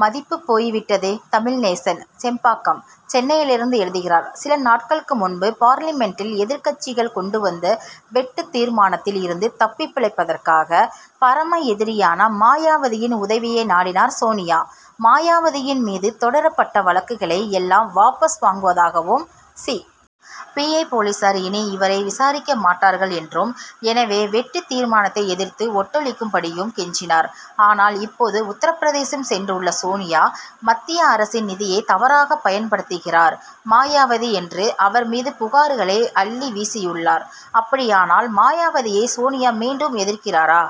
மதிப்பு போய் விட்டதே! தமிழ்நேசன், செம்பாக்கம், சென்னையிலிருந்து எழுதுகிறார் சில நாட்களுக்கு முன் பார்லிமென்டில், எதிர்க்கட்சிகள் கொண்டு வந்த வெட்டுத் தீர்மானத்தில் இருந்து தப்பிப் பிழைப்பதற்காக, பரம எதிரியான மாயாவதியின் உதவியை நாடினார் சோனியா. மாயாவதியின் மீது தொடரப்பட்ட வழக்குகளை எல்லாம் வாபஸ் வாங்குவதாகவும், சி. பி. ஐ. போலீசார் இனி இவரை விசாரிக்க மாட்டார்கள் என்றும், எனவே, வெட்டுத் தீர்மானத்தை எதிர்த்து ஓட்டளிக்கும் படியும் கெஞ்சினார். ஆனால், இப்போது உத்தரப்பிரதேசம் சென்றுள்ள சோனியா, மத்திய அரசின் நிதியை தவறாக பயன்படுத்துகிறார் மாயாவதி' என்று, அவர் மீது புகார்களை அள்ளி வீசியுள்ளார். அப்படியானால், மாயாவதியை சோனியா மீண்டும் எதிர்க்கிறாரா?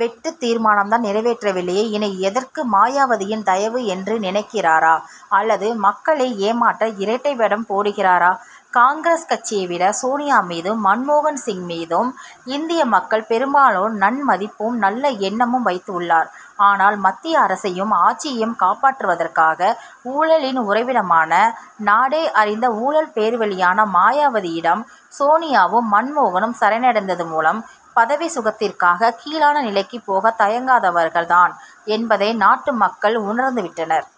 வெட்டுத் தீர்மானம் தான் நிறைவேறவில்லையேஇனி எதற்கு மாயாவதியின் தயவு என்று நினைக்கிறாரா அல்லது மக்களை ஏமாற்ற இரட்டை வேடம் போடுகிறாரா? காங்கிரஸ் கட்சியை விட சோனியா மீதும், மன்மோகன் சிங் மீதும், இந்திய மக்கள் பெரும்பாலோர் நன்மதிப்பும், நல்ல எண்ணமும் வைத்துள்ளனர். ஆனால், மத்திய அரசையும், ஆட்சியையும் காப்பாற்றுவதற்காக, ஊழலின் உறைவிடமான, நாடே அறிந்த ஊழல் பேர்வழியான மாயாவதியிடம், சோனியாவும், மன்மோகனும் சரணடைந்தது மூலம், பதவி சுகத்திற்காக, கீழான நிலைக்குப் போகத் தயங்காதவர்கள் தான் என்பதை நாட்டு மக்கள் உணர்ந்து விட்டனர்.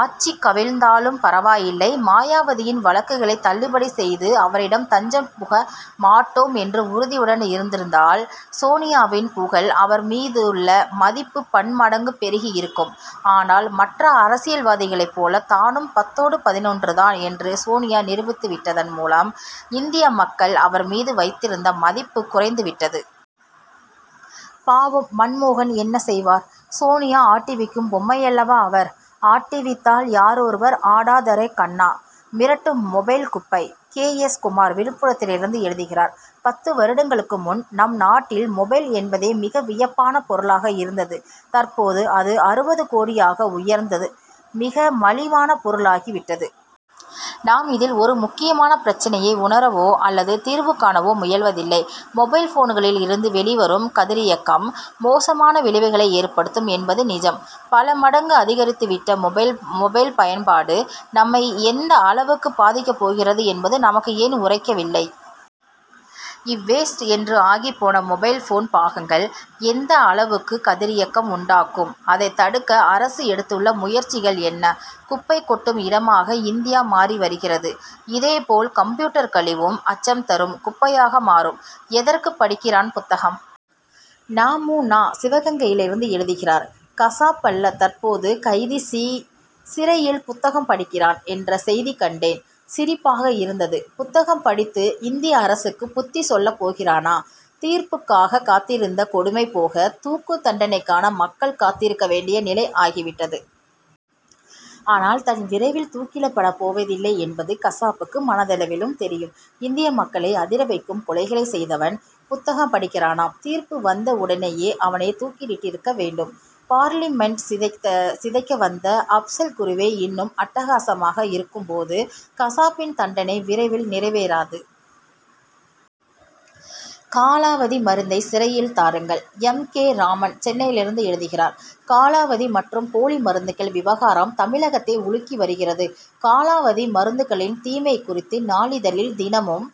ஆட்சி கவிழ்ந்தாலும் பரவாயில்லை, மாயாவதியின் வழக்குகளை தள்ளுபடி செய்து அவரிடம் தஞ்சம் புக மாட்டோம்' என்று உறுதியுடன் இருந்திருந்தால், சோனியாவின் புகழ், அவர் மீதுள்ள மதிப்பு பன்மடங்கு பெருகி இருக்கும். ஆனால், மற்ற அரசியல்வாதிகளைப் போல் தானும், பத்தோடு பதினொன்றுதான் என்று சோனியா நிரூபித்து விட்டதன் மூலம், இந்திய மக்கள் அவர் மீது வைத்திருந்த மதிப்பு குறைந்து விட்டது. பாவம், மன்மோகன் என்ன செய்வார்? சோனியா ஆட்டு விக்கும் பொம்மையல்லவா அவர்! ஆட்டுவித்தால் யாரொருவர் ஆடாதாரே கண்ணா? மிரட்டும் மொபைல் குப்பை! கே. எஸ். குமார், விழுப்புரத்திலிருந்து எழுதுகிறார் பத்து வருடங்களுக்கு முன், நம் நாட்டில் மொபைல் என்பதே, மிக வியப்பான பொருளாக இருந்தது. தற்போது அது அறுபது கோடியாக உயர்ந்து, மிக மலிவான பொருளாகி விட்டது. நாம் இதில் ஒரு முக்கியமான பிரச்னையை உணரவோ அல்லது தீர்வு காணவோ முயல்வதில்லை. மொபைல்போன்களில் இருந்து வெளிவரும் கதிரியக்கம், மோசமான விளைவுகளை ஏற்படுத்தும் என்பது நிஜம். பல மடங்கு அதிகரித்து விட்ட மொபைல் பயன்பாடு, நம்மை எந்த அளவுக்கு பாதிக்கப் போகிறது என்பது, நமக்கு ஏன் உறைக்கவில்லை? இ வேஸ்ட்' என்று ஆகிப்போன மொபைல் போன் பாகங்கள், எந்த அளவுக்கு கதிரியக்கம் உண்டாக்கும்? அதைத் தடுக்க அரசு எடுத்துள்ள முயற்சிகள் என்ன? குப்பைக் கொட்டும் இடமாக இந்தியா மாறி வருகிறது. இதே போல் கம்ப்யூட்டர் கழிவும், அச்சம் தரும் குப்பையாக மாறும். எதற்கு படிக்கிறான் புத்தகம்! நா. மு. நா., சிவகங்கையிலிருந்து எழுதுகிறார் கசாப் அல்ல, தற்போது கைதி சி-, சிறையில் புத்தகம் படிக்கிறான்' என்ற செய்தி கண்டேன்; சிரிப்பாக இருந்தது. புத்தகம் படித்து, இந்திய அரசுக்கு புத்தி சொல்லப் போகிறானா? தீர்ப்புக்காக காத்திருந்த கொடுமை போக, தூக்கு தண்டனைக்காக, மக்கள் காத்திருக்க வேண்டிய நிலை ஆகிவிட்டது. ஆனால், தான் விரைவில் தூக்கிலிடப்பட போவதில்லை என்பது, கசாபுக்கு மனதளவில் தெரியும். இந்திய மக்களையே அதிர வைக்கும் கொலைகளைச் செய்தவன், புத்தகம் படிக்கிறானாம். தீர்ப்பு வெளிவந்த உடனேயே, அவனைத் தூக்கிலிட்டிருக்க வேண்டும். பார்லிமென்டை சிதைக்க வந்த அப்சல் குருவே இன்னும், அட்டகாசமாக இருக்கும் போது, கசாப்பின் தண்டனை விரைவில் நிறைவேறாது. காலாவதி மருந்தை சிறையில் தாருங்கள்! எம். கே. ராமன், சென்னையிலிருந்து எழுதுகிறார் காலாவதி மற்றும் போலி மருந்துகள் விவகாரம், தமிழகத்தை உலுக்கி வருகிறது. காலாவதி மருந்துகளின் தீமை குறித்து, நாளிதழில் தினமும்